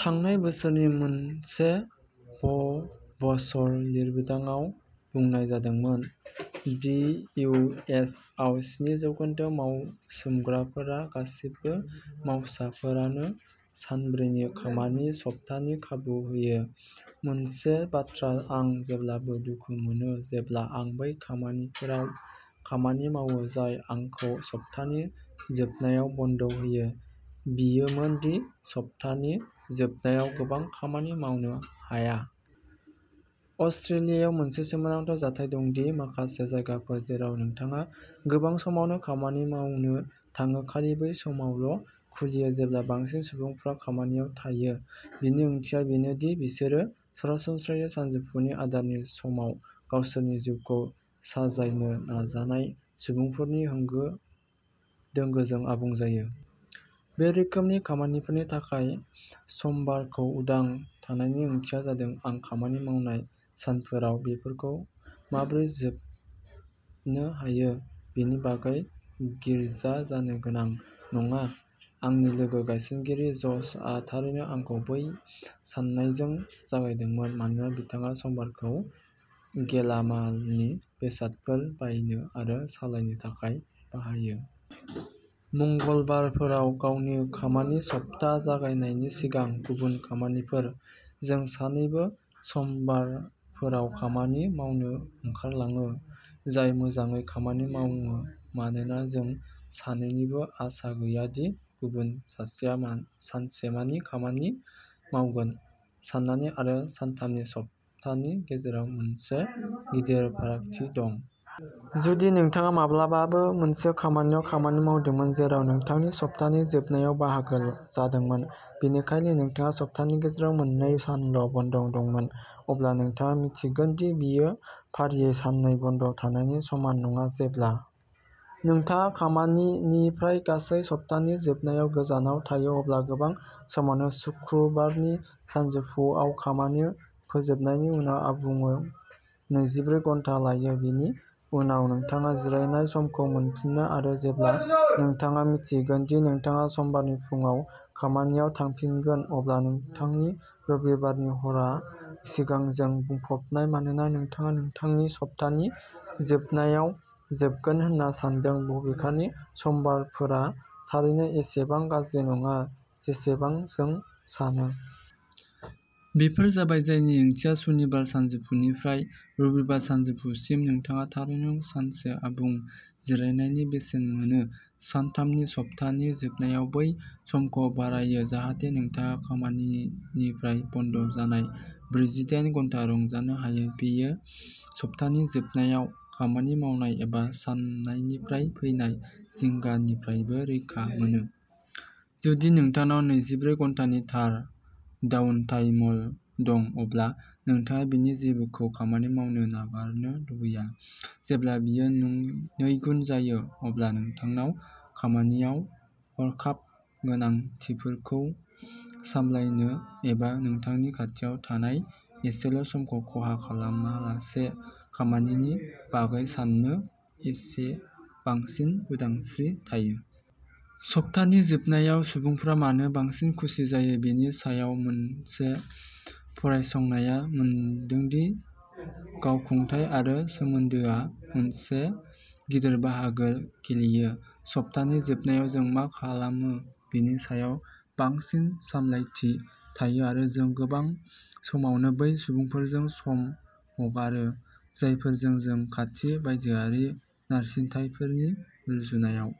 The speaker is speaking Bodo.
थांनाय बोसोरनि मोनसे फ'र्ब्स लिरबिदांआव बुंनाय जादोंमोन दि इउ एस आव स्नि जौखोन्दो मावसोमग्राफोरा गासिबो मावसाफोरनो सानब्रैनि खामानि सप्तानि खाबु होयो। मोनसे बाथ्राया आं जेब्लाबो दुखु मोनो जेब्ला आं बै खामानिफोराव खामानि मावो जाय आंखौ सप्तानि जोबनायाव बन्द होयो, बेयोमोन दि सप्तानि जोबनायाव गोबां खामानि मावनो हाया। अस्ट्रेलियायाव मोनसे सोमोनांथाव जाथाय दं दि माखासे जायगाफोर जेराव नोंथाङा गोबां समावनो खामानि मावनो थाङो खालि बै समावल' खुलियो जेब्ला बांसिन सुबुंफोरा खामानियाव थायो। बेनि ओंथिया बेनो दि बिसोरो सरासनस्रायै सानजौफुनि आदारनि समाव गावसोरनि जिउखौ साजायनो नाजानाय सुबुंफोरनि होंगो दोंगोजों आबुं जायो। बे रोखोमनि खामानिफोरनि थाखाय समबारखौ उदां थानायनि ओंथिया जादों आं खामानि मावनाय सानफोराव बेफोरखौ माबोरै सोबनो हायो बेनि बागै गिज्रा जानो गोनां नङा। आंनि लोगो गायसनगिरि ज'शआ थारैनो आंखौ बे साननायजों जागायदोंमोन, मानोना बिथाङा समबारखौ गेलामालनि बेसादफोर बायनो आरो सालायनो थाखाय बाहायो। मंगलबारफोराव गावनि खामानि सप्ता जागायनायनि सिगां गुबुन खामानिफोर। जों सानैबो समबारफोराव खामानि मावनो ओंखारलाङो, जाय मोजाङै खामानि मावो मानोना जों सानैनिबो आसा गैया दि गुबुन सासेया सानसेमानि खामानि मावगोन। साननै आरो सानथामनि सप्तानि गेजेराव मोनसे गिदिर फारागथि दं। जुदि नोंथाङा माब्लाबाबो मोनसे खामानियाव खामानि मावदोंमोन जेराव नोंथांनि सप्तानि जोबनायाव बाहागो जादोंमोन, बेनिखायनो नोंथाङा सप्तानि गेजेराव मोननै सानल' बन्द' दंमोन, अब्ला नोंथाङा मिन्थिगोन दि बेयो फारियै साननै बन्द' थानायनि समान नङा। जेब्ला नोंथाङा खामानिनिफ्राय गासै सप्तानि जोबनायाव गोजानाव थायो अब्ला गोबां समावनो सुक्रुबारनि सानजौफुआव खामानि फोजोबनायनि उनाव आबुं नैजिब्रै घन्टा लायो, बेनि उनाव नोंथाङा जिरायनाय समखौ मोनफिनो आरो जेब्ला नोंथाङा मिन्थिगोन दि नोंथाङा समबारनि फुंआव खामानियाव थांफिनगोन, अब्ला नोंथांनि रबिबारनि हरआ जिंगाजों बुंफबनाय मानोना नोंथाङा नोंथांनि सप्तानि जोबनायाव जोबगोन होनना सान्दों बबेखानि समबारफोरा थारैनो एसेबां गाज्रि नङा जेसेबां जों सानो। बेफोर जाबाय जायनि ओंथिया सनिबार सानजौफुनिफ्राय रबिबार सानजौफुसिम, नोंथाङा थारैनो सानसे आबुं जिरायनायनि बेसेन मोनो। सानथामनि सप्तानि जोबनायाव बै समखौ बारायो जाहाथे नोंथाङा खामानिनिफ्राय बन्द जानाय ब्रैजिडाइन घन्टा रंजानो हायो। बेयो सप्तानि जोबनायाव खामानि मावनाय एबा साननायनिफ्राय फैनाय जिंगानिफ्रायबो रैखा मोनो। जुदि नोंथांनाव नैजिब्रै घन्टानि थार डाउनटाइमल' दं, अब्ला नोंथाङा बेनि जेबोखौ खामानि मावनो नागारनो लुबैया। जेब्ला बेयो नैगुन जायो अब्ला नोंथांनाव खामानियाव हरखाब गोनांथिफोरखौ सामलायनो एबा नोंथांनि खाथियाव थानाय एसेल' समखौ खहा खालामालासे खामानिनि बागै साननो एसे बांसिन उदांस्रि थायो। सप्तानि जोबनायाव सुबुंफोरा मानो बांसिन खुसि जायो बेनि सायाव मोनसे फरायसंनाया मोनदों दि गावखुंथाय आरो सोमोन्दोआ मोनसे गिदिर बाहागो गेलेयो। सप्तानि जोबनायाव जों मा खालामो बेनि सायाव बांसिन सामलायथि थायो आरो जों गोबां समावनो बै सुबुंफोरजों सम हगारो जायफोरजों जों खाथि बायजोआरि नारसिनथायफोरनि रुजुनायाव।